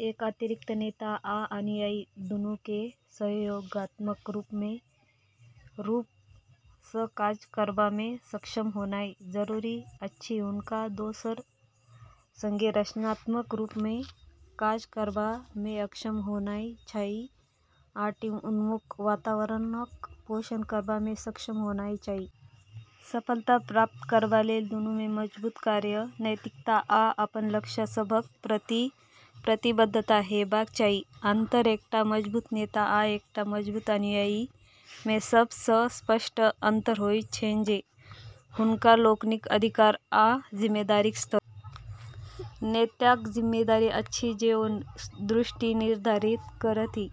एकर अतिरिक्त नेता आ अनुयायी दुनू केँ सहयोगात्मक रूप सँ काज करबा मे सक्षम होनाइ जरूरी अछि। हुनका दोसर सँगे रचनात्मक रूप सँ काज करबा मे सक्षम होनाइ चाही आ टीम उन्मुख वातावरणक पोषण करबा मे सक्षम होनाइ चाही। सफलता प्राप्त करबा लेल दुनू मे मजबूत कार्य नैतिकता आ अपन लक्ष्य सभक प्रति प्रतिबद्धता हेबाक चाही। अंतर: एकटा मजबूत नेता आ एकटा मजबूत अनुयायी मे सब सँ स्पष्ट अंतर होइत छैन जे हुनका लोकनिक अधिकार आ जिम्मेदारीक स्तर। नेताक जिम्मेदारी अछि जे ओ दृष्टि निर्धारित करथि,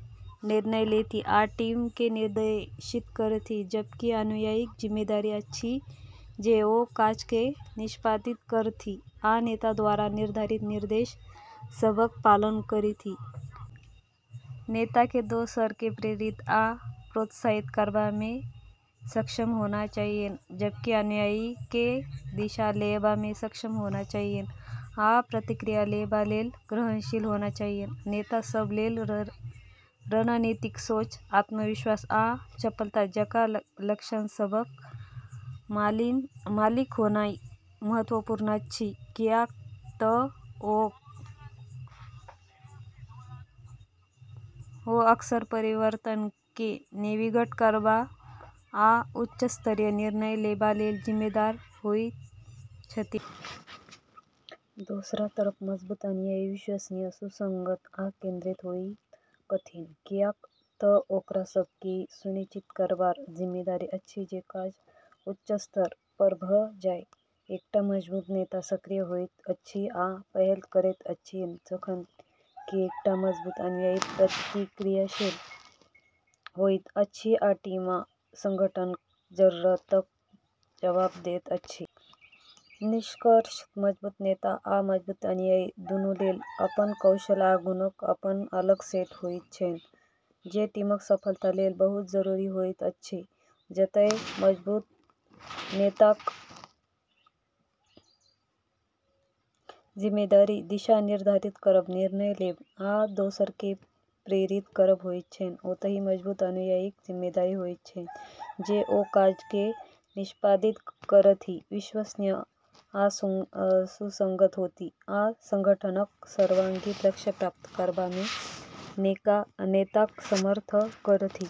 निर्णय लेथि, आ टीम केँ निर्देशित करथि, जबकि अनुयायीक जिम्मेदारी अछि जे ओ काज केँ निष्पादित करथि आ नेता द्वारा निर्धारित निर्देश सभक पालन करथि। नेता केँ दोसर केँ प्रेरित आ प्रोत्साहित करबा मे सक्षम होनाइ चाहियैन, जबकि अनुयायी केँ दिशा लेबा मे सक्षम होनाइ चाहियैन आ प्रतिक्रिया लेबा लेल ग्रहणशील होनाइ चाहियैन। नेता सभ लेल रणनीतिक सोच, आत्मविश्वास, आ चपलता जकाँ लक्षण सभक मालिक होनाइ महत्वपूर्ण अछि, कियाक तँ ओ अक्सर परिवर्तन केँ नेविगेट करबा आ उच्च स्तरीय निर्णय लेबा लेल जिम्मेदार होइत छथिन। दोसर तरफ मजबूत अनुयायी विश्वसनीय, सुसंगत, आ केंद्रित होइत छथिन, कियाक तँ ओकरा सभ केँ ई सुनिश्चित करबाक जिम्मेदारी अछि जे काज उच्च स्तर पर भऽ जाए। एकटा मजबूत नेता सक्रिय होइत अछि आ पहल करैत अछि, जखन कि एकटा मजबूत अनुयायी प्रतिक्रियाशील होइत अछि आ टीम आ संगठनक जरूरतक जवाब दैत अछि। निष्कर्षतः मजबूत नेता आ मजबूत अनुयायी दुनू लेल अपन कौशल आ गुणक अपन अलग सेट होइत छैन जे टीमक सफलता लेल बहुत जरूरी होइत अछि। जतए मजबूत नेताक जिम्मेदारी दिशा निर्धारित करब, निर्णय लेब, आ दोसर केँ प्रेरित करब होइत छैन, ओतहि मजबूत अनुयायीक जिम्मेदारी होइत छैन जे ओ काज केँ निष्पादित करथि, विश्वसनीय आ सुसंगत होथि, आ संगठनक सर्वांगीण लक्ष्य प्राप्त करबा मे नेताक समर्थन करथि।